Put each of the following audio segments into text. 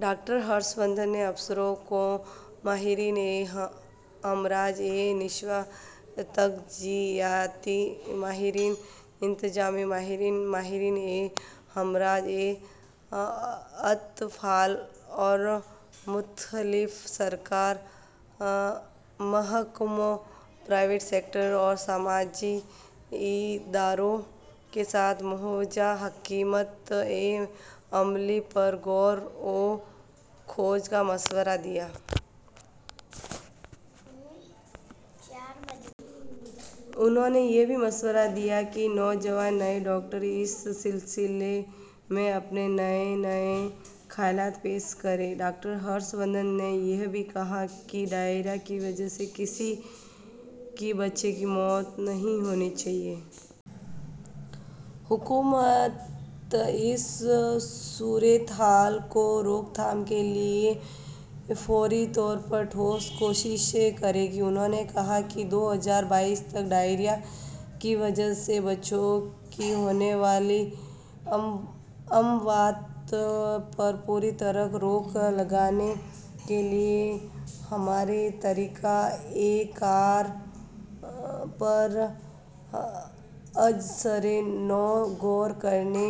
Doctor Harsh Vardhan نے افسران کو ماہرینِ امراضِ نسواں، تغذیاتی ماہرین، انتظامی ماہرین، ماہرینِ امراضِ اطفال اور مختلف سرکاری محکموں، پرائیویٹ سیکٹر اور سماجی اداروں کے ساتھ مجوزہ حکمتِ عملیوں پر غور و خوض کا مشورہ دیا ہے۔ انہوں نے یہ بھی مشورہ دیا کہ نوجوان، نئے ڈاکٹر اس سلسلے میں اپنے نئے نئے خیالات پیش کریں۔ ڈاکٹر ہرش وردھن نے یہ بھی کہا کہ ڈائریا کی وجہ سے کسی بھی بچے کی موت نہیں ہونی چاہیے۔ حکومت اس صورتحال کی روک تھام کے لیے فوری طور پر ٹھوس کوششیں کرے گی۔ انہوں نے کہا کہ دو ہزار بائیس تک ڈائریا کی وجہ سے بچوں کی ہونے والی اموات پر پوری طرح روک لگانے کے لیے ہمارے طریقۂ کار پر ازسرِنو غور کرنے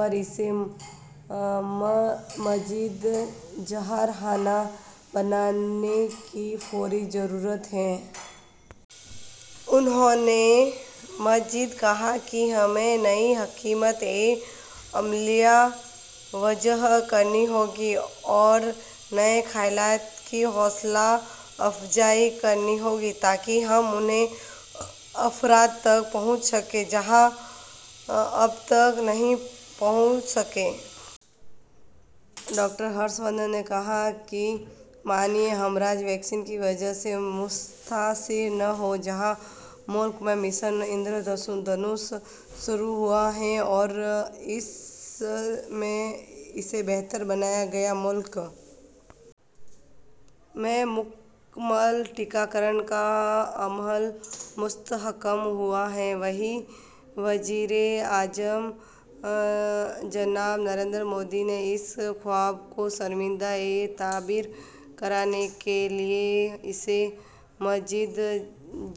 اور اسے مزید جارحانہ بنانے کی فوری ضرورت ہے۔ انہوں نے مزید کہا کہ ہمیں نئی حکمتِ عملیاں وضع کرنی ہوں گی اور نئے خیالات کی حوصلہ افزائی کرنی ہوگی، تاکہ ہم ان افراد تک پہنچ سکیں جہاں اب تک نہیں پہنچ سکے ہیں۔ ڈاکٹر ہرش وردھن نے کہا کہ مانع امراض ویکسین کی وجہ سے متاثر نہ ہو۔ جہاں ملک میں مشن اندر دھنش شروع ہوا ہے اور اس میں اسے بہتر بنایا گیا ہے، ملک میں مکمل ٹیکہ کاری کا عمل مستحکم ہوا ہے، وہیں وزیراعظم جناب نریندر مودی کے اس خواب کو شرمندۂ تعبیر کرانے کے لیے اسے مزید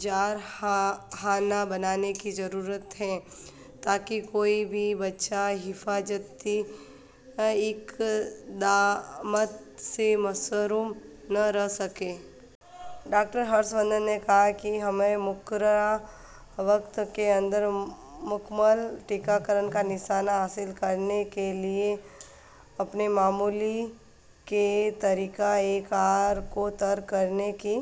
جارحانہ بنانے کی ضرورت ہے، تاکہ کوئی بھی بچہ حفاظتی اقدامات سے محروم نہ رہ سکے۔ ڈاکٹر ہرش وردھن نے کہا کہ ہمیں مقررہ وقت کے اندر مکمل ٹیکہ کاری کا نشانہ حاصل کرنے کے لیے اپنے معمول کے طریقۂ کار کو ترک کرنے کی